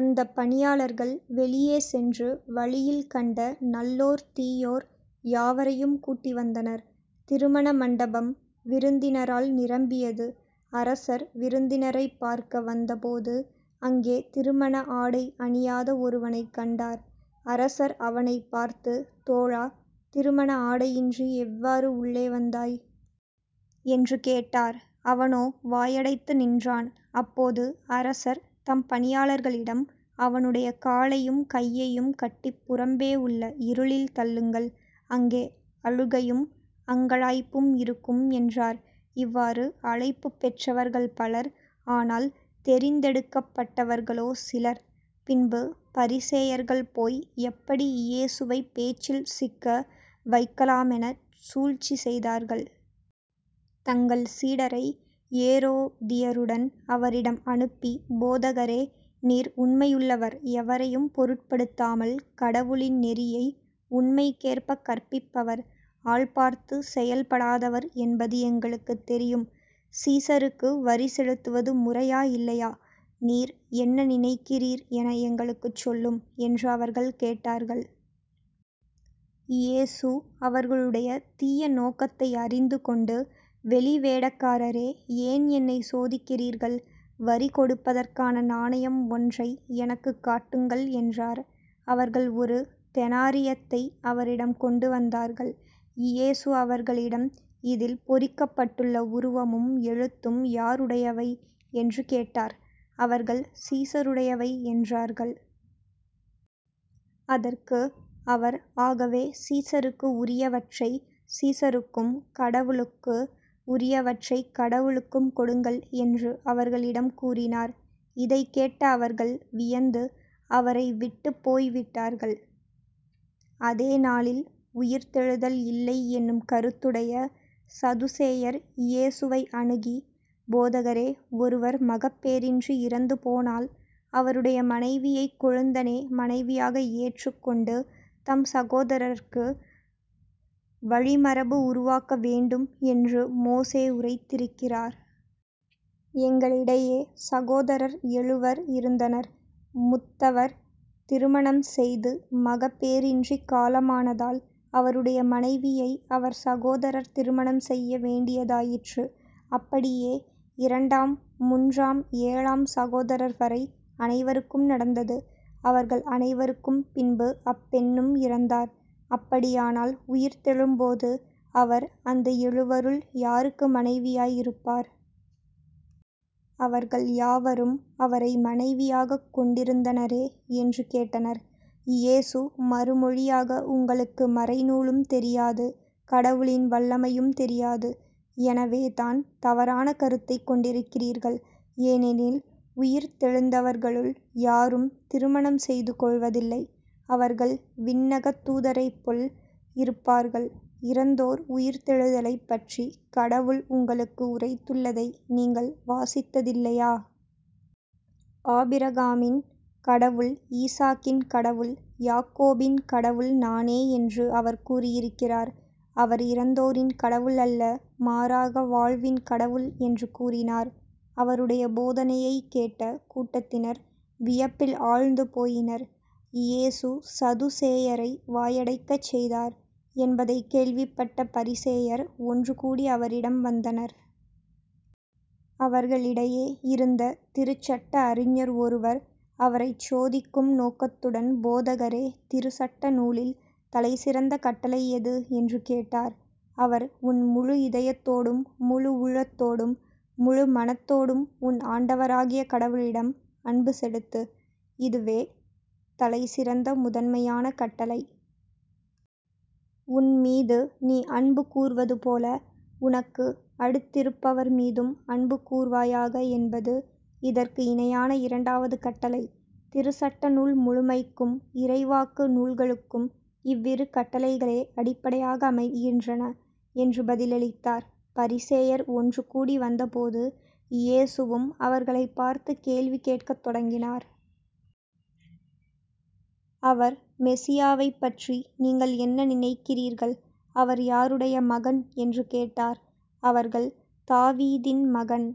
அந்தப் பணியாளர்கள் வெளியே சென்று வழியில் கண்ட நல்லோர் தீயோர் யாவரையும் கூட்டி வந்தனர். திருமண மண்டபம் விருந்தினரால் நிரம்பியது. அரசர் விருந்தினரைப் பார்க்க வந்த போது அங்கே திருமண ஆடை அணியாத ஒருவனைக் கண்டார். அரசர் அவனைப் பார்த்து தோழா திருமண ஆடையின்றி எவ்வாறு உள்ளே வந்தாய்? என்று கேட்டார். அவனோ வாயடைத்து நின்றான். அப்போது அரசர் தம் பணியாளர்களிடம் அவனுடைய காலையும் கையையும் கட்டிப் புறம்பே உள்ள இருளில் தள்ளுங்கள். அங்கே அழுகையும் அங்கலாய்ப்பும் இருக்கும் என்றார். இவ்வாறு அழைப்புப் பெற்றவர்கள் பலர் ஆனால் தெரிந்தெடுக்கப்பட்டவர்களோ சிலர். பின்பு பரிசேயர்கள் போய் எப்படி இயேசுவைப் பேச்சில் சிக்க வைக்கலாமெனச் சூழ்ச்சி செய்தார்கள். தங்கள் சீடரை ஏரோதியருடன் அவரிடம் அனுப்பி போதகரே நீர் உண்மையுள்ளவர் எவரையும் பொருட்படுத்தாமல் கடவுளின் நெறியை உண்மைக்கேற்பக் கற்பிப்பவர் ஆள் பார்த்துச் செயல்படாதவர் என்பது எங்களுக்குத் தெரியும். சீசருக்கு வரி செலுத்துவது முறையா? இல்லையா? நீர் என்ன நினைக்கிறீர் என எங்களுக்குச் சொல்லும் என்று அவர்கள் கேட்டார்கள். இயேசு அவர்களுடைய தீய நோக்கத்தை அறிந்து கொண்டு வெளிவேடக்காரரே ஏன் என்னைச் சோதிக்கிறீர்கள்? வரி கொடுப்பதற்கான நாணயம் ஒன்றை எனக்குக் காட்டுங்கள் என்றார். அவர்கள் ஒரு தெனாரியத்தை அவரிடம் கொண்டு வந்தார்கள். இயேசு அவர்களிடம் இதில் பொறிக்கப்பட்டுள்ள உருவமும் எழுத்தும் யாருடையவை? என்று கேட்டார். அவர்கள் சீசருடையவை என்றார்கள். அதற்கு அவர் ஆகவே சீசருக்கு உரியவற்றை சீசருக்கும் கடவுளுக்கு உரியவற்றைக் கடவுளுக்கும் கொடுங்கள் என்று அவர்களிடம் கூறினார். இதைக் கேட்ட அவர்கள் வியந்து அவரை விட்டுப் போய்விட்டார்கள். அதே நாளில் உயிர்த்தெழுதல் இல்லை என்னும் கருத்துடைய சதுசேயர் இயேசுவை அணுகி போதகரே ஒருவர் மகப்பேறின்றி இறந்து போனால் அவருடைய மனைவியைக் கொழுந்தனே மனைவியாக ஏற்றுக் கொண்டு தம் சகோதரருக்கு வழிமரபு உருவாக்க வேண்டும் என்று மோசே உரைத்திருக்கிறார். எங்களிடையே சகோதரர் எழுவர் இருந்தனர். முத்தவர் திருமணம் செய்து மகப்பேறின்றிக் காலமானதால் அவருடைய மனைவியை அவர் சகோதரர் திருமணம் செய்ய வேண்டியதாயிற்று. அப்படியே இரண்டாம் முன்றாம் ஏழாம் சகோதரர் வரை அனைவருக்கும் நடந்தது. அவர்கள் அனைவருக்கும் பின்பு அப்பெண்னும் இறந்தார். அப்படியானால் உயிர்த்தெழும்போது அவர் அந்த எழுவருள் யாருக்கு மனைவியாய் இருப்பார்? அவர்கள் யாவரும் அவரை மனைவியாகக் கொண்டிருந்தனரே என்று கேட்டனர். இயேசு மறுமொழியாக உங்களுக்கு மறைநூலும் தெரியாது கடவுளின் வல்லமையும் தெரியாது. எனவேதான் தவறான கருத்தைக் கொண்டிருக்கிறீர்கள். ஏனெனில் உயிர்த்தெழுந்தவர்களுள் யாரும் திருமணம் செய்து கொள்வதில்லை அவர்கள் விண்ணகத் தூதரைப்பொல் இருப்பார்கள். இறந்தோர் உயிர்த்தெழுதலைப் பற்றிக் கடவுள் உங்களுக்கு உரைத்துள்ளதை நீங்கள் வாசித்ததில்லையா? ஆபிரகாமின் கடவுள் ஈசாக்கின் கடவுள் யாக்கோபின் கடவுள் நானே என்று அவர் கூறியிருக்கிறார். அவர் இறந்தோரின் கடவுள் அல்ல மாறாக வாழ்வின் கடவுள் என்று கூறினார். அவருடைய போதனையைக் கேட்ட கூட்டத்தினர் வியப்பில் ஆழ்ந்து போயினர். இயேசு சதுசேயரை வாயடைக்கச் செய்தார் என்பதைக் கேள்விப்பட்ட பரிசேயர் ஒன்றுகூடி அவரிடம் வந்தனர். அவர்களிடையே இருந்த திருச்சட்ட அறிஞர் ஒருவர் அவரைச் சோதிக்கும் நோக்கத்துடன் போதகரே திருச்சட்ட நூலில் தலைசிறந்த கட்டளை எது? என்று கேட்டார். அவர் உன் முழு இதயத்தோடும் முழு உள்ளத்தோடும், முழு மனத்தோடும் உன் ஆண்டவராகிய கடவுளிடம் அன்பு செலுத்து. இதுவெ தலைசிறந்த முதன்மையான கட்டளை. உன்மீது நீ அன்பு கூர்வதுபோல உனக்கு அடுத்திருப்பவர்மீதும் அன்பு கூர்வாயாக என்பது இதற்கு இணையான இரண்டாவது கட்டளை. திருச்சட்ட நூல் முழுமைக்கும் இறைவாக்கு நூல்களுக்கும் இவ்விரு கட்டளைகளே அடிப்படையாக அமைகின்றன என்று பதிலளித்தார். பரிசேயர் ஒன்றுகூடி வந்தபோது இயேசுவும் அவர்களைப் பார்த்து கேள்வி கேட்கத் தொடங்கினார். அவர் மெசியாவைப்பற்றி நீங்கள் என்ன நினைக்கிறீர்கள்? அவர் யாருடைய மகன்? என்று கேட்டார். அவர்கள் தாவீதின் மகன்